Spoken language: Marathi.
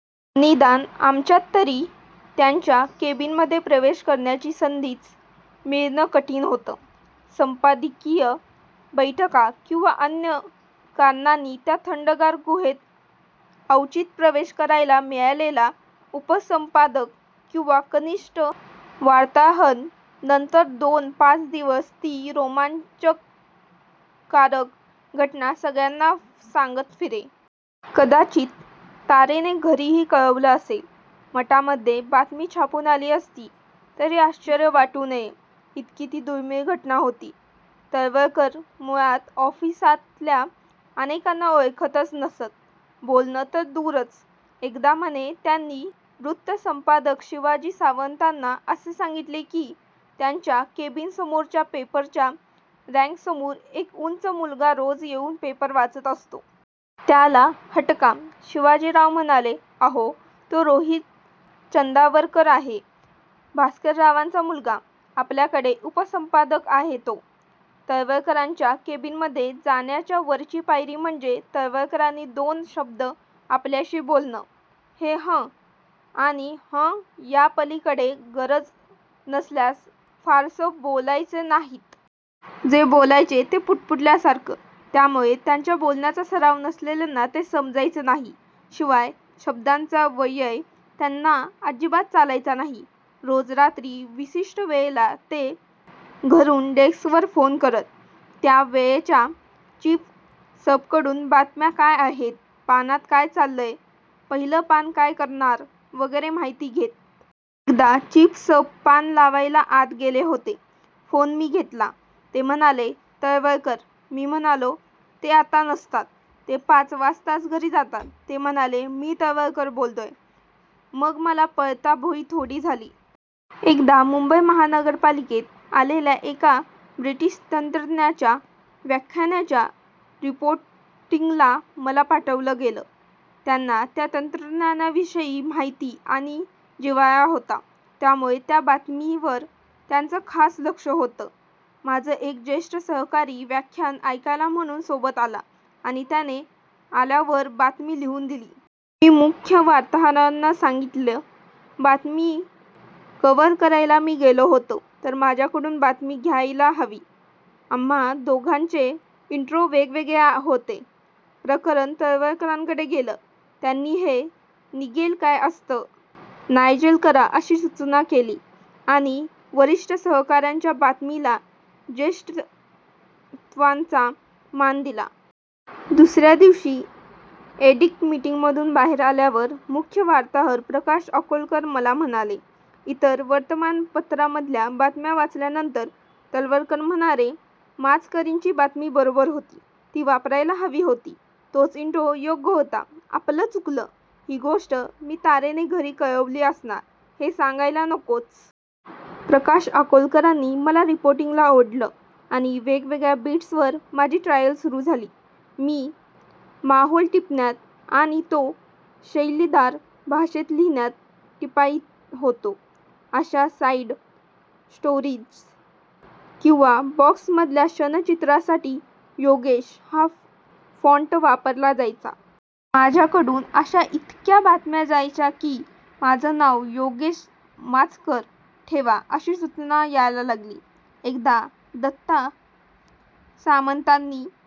निदान आमच्यात तरी. त्यांच्या केबिनमध्ये प्रवेश करण्याची संधीच मिळणं कठीण होतं. संपादकीय बैठका किंवा अन्य कारणांनी त्या थंडगार गुहेत अवचित प्रवेश करायला मिळालेला उपसंपादक किंवा कनिष्ठ वार्ताहर नंतर दोन-पाच दिवस ती रोमांचकारक घटना सगळ्यांना सांगत फिरे. कदाचित तारेने घरीही कळवत असेल. मटामध्ये बातमी छापून आली असती, तरी आश्चर्य वाटू नये, इतकी ती दुर्मीळ घटना होती. तळवलकर मुळात ऑफिसातल्या अनेकांना ओळखतच नसत. बोलणं तर दूरच. एकदा म्हणे त्यांनी वृत्तसंपादक शिवाजी सावंतांना असं सांगितलं की, त्यांच्या केबिनसमोरच्या पेपरच्या रॅकसमोर एक उंच मुलगा रोज येऊन पेपर वाचत असतो. त्याला हटका. शिवाजीराव म्हणाले, अहो, तो रोहित चंदावरकर आहे, भास्कररावांचा मुलगा. आपल्याकडे उपसंपादक आहे तो. तळवलकरांच्या केबिनमध्ये जाण्याच्या वरची पायरी म्हणजे तळवलकरांनी दोन शब्द आपल्याशी बोलणं. ते हं आणि हँ याच्यापलीकडे गरज नसल्यास फारसं बोलायचे नाहीत. जे बोलायचे, ते पुटपुटल्यासारखं. त्यामुळे त्यांच्या बोलण्याचा सराव नसलेल्यांना ते समजायचं नाही. शिवाय शब्दांचा व्यय त्यांना अजिबात चालायचा नाही. रोज रात्री विशिष्ट वेळेला ते घरून डेस्कवर फोन करत. त्या वेळच्या चीफसबकडून बातम्या काय आहेत, पानात काय चाललंय, पहिलं पान काय करणार वगैरे माहिती घेत. एकदा चीफसब पान लावायला आत गेले होते. फोन मी घेतला. ते म्हणाले, तळवलकर. मी म्हणालो, ते आता नसतात. ते पाच वाजताच घरी जातात. ते म्हणाले, मी तळवलकर बोलतोय. मग मला पळता भुई थोडी झाली! एकदा मुंबई महानगरपालिकेत आलेल्या एका ब्रिटिश तज्ज्ञाच्या व्याख्यानाच्या रिपोर्टिंगला मला पाठवलं गेलं. त्यांना त्या तज्ज्ञाविषयी माहिती आणि जिव्हाळा होता. त्यामुळे त्या बातमीवर त्यांचं खास लक्ष होतं. माझा एक ज्येष्ठ सहकारी व्याख्यान ऐकायला म्हणून सोबत आला आणि त्याने आल्यावर बातमी लिहून दिली. मी मुख्य वार्ताहरांना सांगितलं, बातमी कव्हर करायला मी गेलो होतो, तर माझ्याकडून बातमी घ्यायला हवी. आम्हा दोघांचे इन्ट्रो वेगवेगळे होते. प्रकरण तळवलकरांकडे गेलं. त्यांनी हे निगेल काय असतं, नायजेल करा अशी सूचना केली आणि वरिष्ठ सहकाऱ्याच्या बातमीला ज्येष्ठत्वाचा मान दिला. दुसऱ्या दिवशी एडिट मीटिंगमधून बाहेर आल्यावर मुख्य वार्ताहर प्रकाश अकोलकर मला म्हणाले, इतर वर्तमानपत्रांमधल्या बातम्या वाचल्यानंतर तळवलकर म्हणाले, माचकरची बातमी बरोबर होती. ती वापरायला हवी होती. तोच इन्ट्रो योग्य होता. आपलं चुकलं. ही गोष्ट मी तारेने घरी कळवली असणार, हे सांगायला नकोच. प्रकाश अकोलकरांनी मला रिपोर्टिंगला ओढलं आणि वेगवेगळ्या बीट्सवर माझी ट्रायल सुरू झाली. मी माहौल टिपण्यात आणि तो शैलीदार भाषेत लिहिण्यात पटाईत होतो. अशा साइड स्टोरीज किंवा बॉक्समधल्या क्षणचित्रांसाठी योगेश हा फॉन्ट वापरला जायचा. माझ्याकडून अशा इतक्या बातम्या जायच्या की, माझं नाव योगेश माचकर ठेवा, अशी सूचना यायला लागली. एकदा दत्ता सामंतांनी